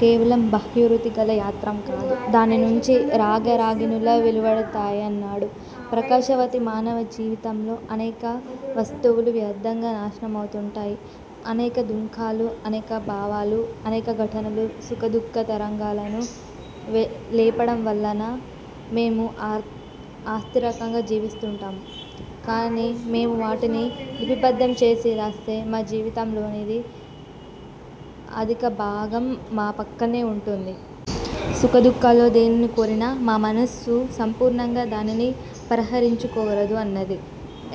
కేవలం బాహ్యాకృతిగల యంత్రం గాదు. దాని నుంచి రాగ రాగిణుల వెలువడతాయి అన్నాడు. ప్రకాశవతి, మానవ జీవితంలో అనేక వస్తువులు వ్యర్దంగా నాశనమవుతుంటాయి. అనేక దుంఖాలు, అనేక భావాలు, అనేక ఘనటలు; సుఖ దుఃఖ తరంగాలను లేపడంవల్లన మేము అస్తిరకంగా జీవిస్తుంటాం. కాని మేము వాటిని రిపబద్దం చేసి రాస్తే మా జీవితంలోని అధిక భాగం మా పక్కనే వుంటుంది. సుఖ దుఃఖాలలో దేనిని కోరినా మా మనస్సు సంపూర్ణంగా దానిని పరహరించకోరదు అన్నది.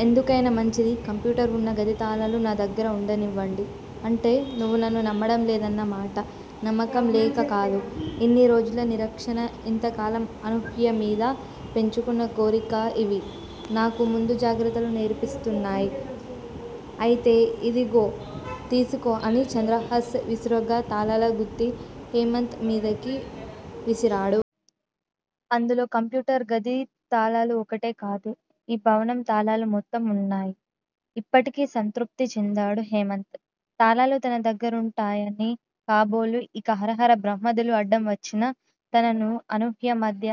ఎందుకైనా మంచిది. కంప్యూటర్ వున్న గది తాళాలు నా దగ్గర ఉండనివ్వండి. అంటే నువ్వు నన్ను నమ్మడంలేదన్న మాట నమ్మకం లేకకాదు. ఇన్ని రోజుల నిరక్షణ- ఇంతకాలం అనూహ్య మీద పెంచుకున్న కోరిక- ఇవి నాకు ముందు జాగ్రత్తలు నేర్పిస్తున్నాయి అయితే ఇదిగో తీసుకో అని చంద్రహాస్ విసురుగా తాళాలగుత్తి హేమంత్ మీదకి విసిరాడు. అందులో కంప్యూటర్ గది తాళాలు ఒక్కటే కాదు. ఈ భవనం తాళాలు మొత్తం వున్నాయి. ఇప్పటికి సంతృప్తి చెందాడు హేమంత్. తాళాలు తన దగ్గరుంటాయని కాబోలు ఇక హరహర బ్రహ్మాదులు అడ్డం వచ్చినా తననూ, అనూహ్య మధ్య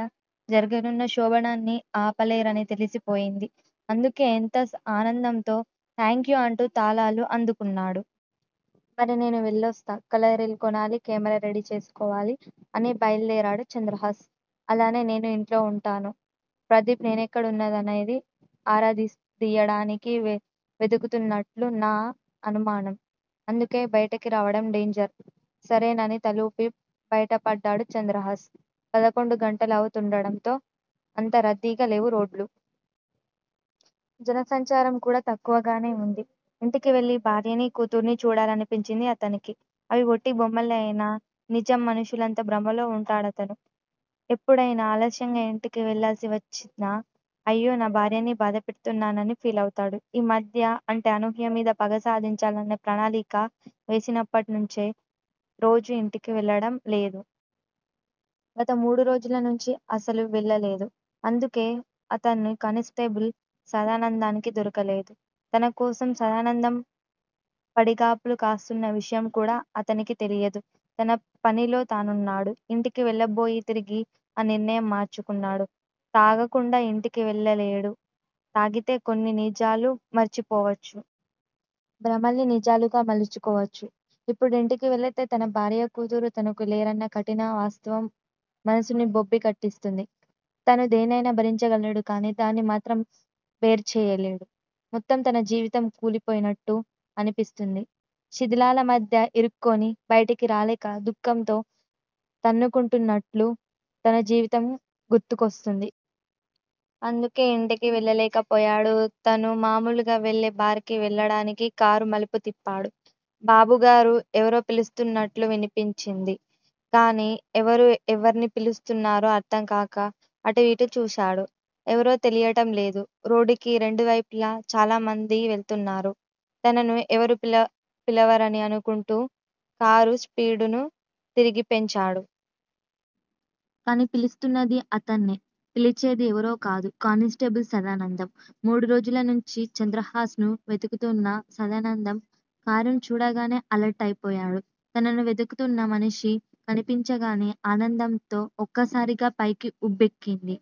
జరగనున్న శోభనాన్ని ఆపలేరని తెలిసిపోయింది. అందుకే ఎంత ఆనందంతో థాంక్యూ అంటూ తాళాలు అందుకున్నాడు. మరి నేను వెళ్ళొస్తా- కలర్ రీలు కొనాలి. కెమెరా రెడీ చేసుకోవాలి అని బయల్దేరాడు చంద్రహాస్. అలానే, నేను ఇంట్లో వుంటాను. ప్రదీప్ నేనేక్కడున్నదీ ఆరా తీయడానికి వెదుకుతున్నట్లు నా అనుమానం. అందుకే బయటికి రావడం డేంజర్. సరేనని తలవూపి బయటపడ్డాడు చంద్రహాస్. పదకొండు గంటలవుతూ వుండడంతో అంత రద్దీగా లేవు రోడ్లు. జనసంచారం కూడా తక్కువగానే వుంది. ఇంటికివెళ్ళి భార్యనీ, కూతుర్నీ చూడాలనిపించింది అతనికి. అవి ఒట్టి బొమ్మలే అయినా వి నిజం మనుష్యులన్నంత భ్రమలో వుంటాడతను. ఎప్పుడయినా ఆలస్యంగా ఇంటికి వెళ్ళాల్సి వచ్చినా 'అయ్యో నా భార్యని బాధపెడుతున్నాని' అని ఫీలవుతాడు. ఈ మధ్య- అంటే అనూహ్య మీద పగ సాధించాలని ప్రణాళిక వేసినప్పట్నుంచే రోజూ ఇంటికి వెళ్ళడం లేదు. గత మూడురోజుల నుంచి అసలు వెళ్ళలేదు. అందుకే అతని కానిస్టేబుల్ సదానందానికి దొరకలేదు. తన కోసం సదానందం పడిగాపులు కాస్తున్న విషయం కూడా అతనికి తెలియదు. తన పనిలో తానున్నాడు. ఇంటికి వెళ్ళబోయి తిరిగి ఆ నిర్ణయం మార్చుకున్నాడు. తాగకుండా ఇంటికి వెళ్ళలేడు. తాగితే కొన్ని నిజాలు మరిచిపోవచ్చు. భ్రమల్ని నిజాలుగా మలుచుకోవచ్చు. ఇప్పుడు ఇంటికి వెళితే తన భార్యా, కూతురు తనకు లేరన్న కఠిన వాస్తవం మనసుని బొప్పి కట్టిస్తుంది. తను దేన్నయినా భరించగలడు కానీ దాన్ని మాత్రం బేర్ చేయలేడు. మొత్తం తన జీవితమే కూలిపోయినట్టు అనిపిస్తుంది. శిధిలాల మధ్య ఇరుక్కొని బయటికి రాలేక దుఃఖంతో తన్నుకుంనట్లు తన జీవితం గుర్తుకొస్తుంది. అందుకే ఇంటికి వెళ్ళలేకపోయాడు. తను మామూలుగా వెళ్ళే బార్ కి వెళ్ళడానికి కారు మలుపు తిప్పాడు. బాబుగారూ ఎవరో పిలుస్తున్నట్లు వినిపించింది గానీ ఎవరు ఎవర్ని పిలుస్తున్నారో అర్థంకాక అటూ ఇటూ చూశాడు. ఎవరో తెలియటం లేదు. రోడ్డుకి రెండువైపులా చాలామంది వెళుతున్నారు. తనను ఎవరూ పిలవరని అనుకుంటూ కారు స్పీడ్ ను తిరిగి పెంచాడు. కానీ పిలుస్తున్న్దది అతన్నే. పిలిచేది ఎవరో కాదు- కానిస్టేబుల్ సదానందం. మూడురోజుల నుంచి చంద్రహాస్ ను వెదుకుతున్న సదానందం కారును చూడగానే అలర్ట్ అయిపోయాడు. తనని వెదుకుతున్న మనిషి కనిపించగానే ఆనందం ఒక్కసారిగా పైకి ఉబికింది.